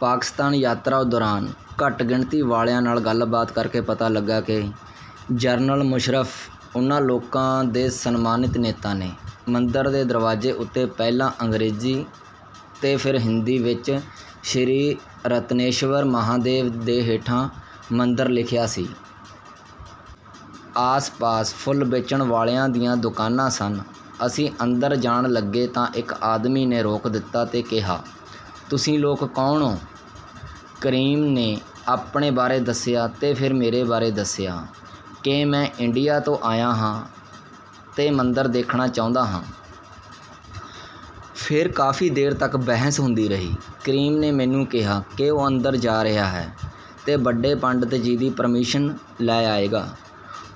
ਪਾਕਿਸਤਾਨ ਯਾਤਰਾ ਦੌਰਾਨ ਘੱਟ-ਗਿਣਤੀ ਵਾਲਿਆਂ ਨਾਲ ਗੱਲਬਾਤ ਕਰਕੇ ਪਤਾ ਲੱਗਾ ਕਿ ਜਨਰਲ ਮੁਸ਼ੱਰਫ਼ ਉਹਨਾਂ ਲੋਕਾਂ ਦੇ ਸਨਮਾਨਿਤ ਨੇਤਾ ਨੇ। ਮੰਦਰ ਦੇ ਦਰਵਾਜ਼ੇ ਉੱਤੇ ਪਹਿਲਾਂ ਅੰਗਰੇਜ਼ੀ ਤੇ ਫੇਰ ਹਿੰਦੀ ਵਿੱਚ 'ਸ਼੍ਰੀ ਰਤਨੇਸ਼ਵਰ ਮਹਾਦੇਵ' ਦੇ ਹੇਠਾਂ 'ਮੰਦਰ' ਲਿਖਿਆ ਸੀ। ਆਸ-ਪਾਸ ਫੁੱਲ ਵੇਚਣ ਵਾਲਿਆਂ ਦੀਆਂ ਦੁਕਾਨਾਂ ਸਨ। ਅਸੀਂ ਅੰਦਰ ਜਾਣ ਲੱਗੇ ਤਾਂ ਇੱਕ ਆਦਮੀ ਨੇ ਰੋਕ ਦਿੱਤਾ ਤੇ ਕਿਹਾ, "ਤੁਸੀਂ ਲੋਕ ਕੌਣ ਓ?" ਕਰੀਮ ਨੇ ਆਪਣੇ ਬਾਰੇ ਦੱਸਿਆ ਤੇ ਫੇਰ ਮੇਰੇ ਬਾਰੇ ਦੱਸਿਆ ਕਿ ਮੈਂ ਇੰਡੀਆ ਤੋਂ ਆਇਆ ਹਾਂ ਤੇ ਮੰਦਰ ਦੇਖਣਾ ਚਾਹੁੰਦਾ ਹਾਂ। ਕਾਫ਼ੀ ਦੇਰ ਤੱਕ ਬਹਿਸ ਹੁੰਦੀ ਰਹੀ। ਕਰੀਮ ਨੇ ਮੈਨੂੰ ਕਿਹਾ ਕਿ ਉਹ ਅੰਦਰ ਜਾ ਰਿਹਾ ਹੈ ਤੇ ਵੱਡੇ ਪੰਡਿਤ ਜੀ ਦੀ ਪਰਮਿਸ਼ਨ ਲੈ ਆਏਗਾ।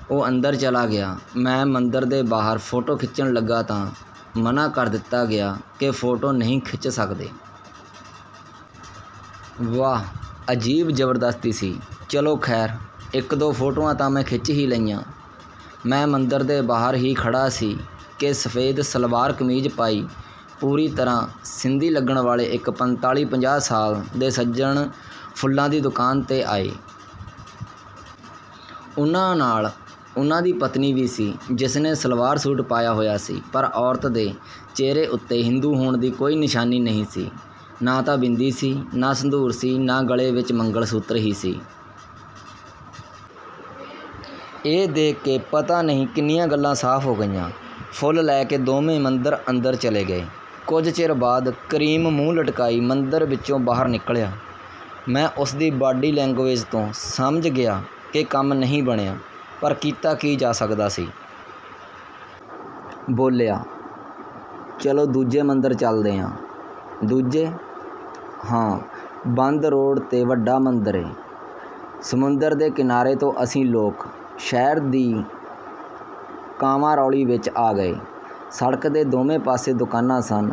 ਉਹ ਅੰਦਰ ਚਲਾ ਗਿਆ। ਮੈਂ ਮੰਦਰ ਦੇ ਬਾਹਰ ਫੋਟੋ ਖਿੱਚਣ ਲੱਗਾ ਤਾਂ ਮਨ੍ਹਾਂ ਕਰ ਦਿੱਤਾ ਗਿਆ ਕਿ ਫੋਟੋ ਨਹੀਂ ਖਿੱਚ ਸਕਦੇ। ਵਾਹ, ਅਜੀਬ ਜਬਰਦਸਤੀ ਸੀ। ਚਲੋ, ਖ਼ੈਰ, ਇੱਕ-ਦੋ ਫੋਟੋਆਂ ਤਾਂ ਮੈਂ ਖਿੱਚ ਹੀ ਲਈਆਂ। ਮੈਂ ਮੰਦਰ ਦੇ ਬਾਹਰ ਹੀ ਖੜ੍ਹਾ ਸੀ ਕਿ ਸਫ਼ੈਦ ਸਲਵਾਰ-ਕਮੀਜ਼ ਪਾਈ, ਪੂਰੀ ਤਰ੍ਹਾਂ ਸਿੰਧੀ ਲੱਗਣ ਵਾਲੇ ਇੱਕ ਪੰਤਾਲੀ-ਪੰਜਾਹ ਸਾਲ ਦੇ ਸੱਜਣ ਫੁੱਲਾਂ ਦੀ ਦੁਕਾਨ 'ਤੇ ਆਏ। ਉਹਨਾਂ ਨਾਲ ਉਹਨਾਂ ਦੀ ਪਤਨੀ ਵੀ ਸੀ, ਜਿਸਨੇ ਸਲਵਾਰ-ਸੂਟ ਪਾਇਆ ਹੋਇਆ ਸੀ। ਪਰ ਔਰਤ ਦੇ ਚਿਹਰੇ ਉੱਤੇ ਹਿੰਦੂ ਹੋਣ ਦੀ ਕੋਈ ਨਿਸ਼ਾਨੀ ਨਹੀਂ ਸੀ। ਨਾ ਤਾਂ ਬਿੰਦੀ ਸੀ, ਨਾ ਸਿੰਦੂਰ ਸੀ, ਨਾ ਗਲ਼ੇ ਵਿੱਚ ਮੰਗਲ-ਸੂਤਰ ਹੀ ਸੀ। ਇਹ ਦੇਖ ਕੇ ਪਤਾ ਨਹੀਂ ਕਿੰਨੀਆਂ ਗੱਲਾਂ ਸਾਫ਼ ਹੋ ਗਈਆਂ। ਫੁੱਲ ਲੈ ਕੇ ਦੋਵੇਂ ਮੰਦਰ ਅੰਦਰ ਚਲੇ ਗਏ। ਕੁਝ ਚਿਰ ਬਾਅਦ ਕਰੀਮ ਮੂੰਹ ਲਟਕਾਈ ਮੰਦਰ ਵਿੱਚੋਂ ਬਾਹਰ ਨਿਕਲਿਆ। ਮੈਂ ਉਸਦੀ ਬਾਡੀ ਲੈਂਗਵੇਜ ਤੋਂ ਸਮਝ ਗਿਆ ਕਿ ਕੰਮ ਨਹੀਂ ਬਣਿਆ, ਪਰ ਕੀਤਾ ਕੀ ਜਾ ਸਕਦਾ ਸੀ। ਬੋਲਿਆ, "ਚੱਲੋ, ਦੂਜੇ ਮੰਦਰ ਚਲਦੇ ਆਂ।" "ਦੂਜੇ?" "ਹਾਂ, ਬੰਦ ਰੋਡ 'ਤੇ ਵੱਡਾ ਮੰਦਰ ਏ।" ਸਮੁੰਦਰ ਦੇ ਕਿਨਾਰੇ ਤੋਂ ਅਸੀਂ ਲੋਕ ਸ਼ਹਿਰ ਦੀ ਕਾਵਾਂ-ਰੌਲੀ ਵਿੱਚ ਆ ਗਏ। ਸੜਕ ਦੇ ਦੋਵੇਂ ਪਾਸੇ ਦੁਕਾਨਾਂ ਸਨ।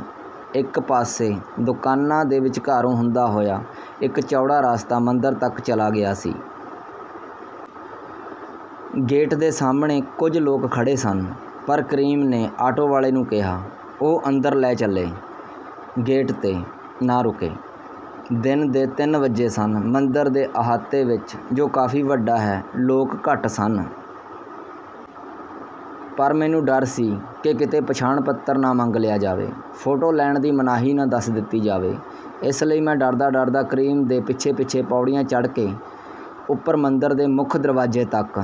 ਇੱਕ ਪਾਸੇ ਦੁਕਾਨਾਂ ਦੇ ਵਿਚਕਾਰੋਂ ਹੁੰਦਾ ਹੋਇਆ ਇੱਕ ਚੌੜਾ ਰਸਤਾ ਮੰਦਰ ਤੱਕ ਚਲਾ ਗਿਆ ਸੀ। ਗੇਟ ਦੇ ਸਾਹਮਣੇ ਕੁਝ ਲੋਕ ਖੜ੍ਹੇ ਸਨ, ਪਰ ਕਰੀਮ ਨੇ ਆਟੋ ਵਾਲੇ ਨੂੰ ਕਿਹਾ, ਉਹ ਅੰਦਰ ਲੈ ਚੱਲੇ, ਗੇਟ 'ਤੇ ਨਾ ਰੁਕੇ। ਦਿਨ ਦੇ ਤਿੰਨ ਵੱਜੇ ਸਨ। ਮੰਦਰ ਦੇ ਅਹਾਤੇ ਵਿੱਚ, ਜੋ ਕਾਫ਼ੀ ਵੱਡਾ ਹੈ, ਲੋਕ ਘੱਟ ਸਨ। ਪਰ ਮੈਨੂੰ ਡਰ ਸੀ ਕਿ ਕਿਤੇ ਪਛਾਣ-ਪੱਤਰ ਨਾ ਮੰਗ ਲਿਆ ਜਾਵੇ। ਫੋਟੋ ਲੈਣ ਦੀ ਮਨਾਹੀ ਨਾ ਦੱਸ ਦਿੱਤੀ ਜਾਵੇ। ਇਸ ਲਈ ਮੈਂ ਡਰਦਾ-ਡਰਦਾ ਕਰੀਮ ਦੇ ਪਿੱਛੇ-ਪਿੱਛੇ ਪੌੜੀਆਂ ਚੜ੍ਹ ਕੇ ਉੱਪਰ ਮੰਦਰ ਦੇ ਮੁੱਖ ਦਰਵਾਜ਼ੇ ਤੱਕ...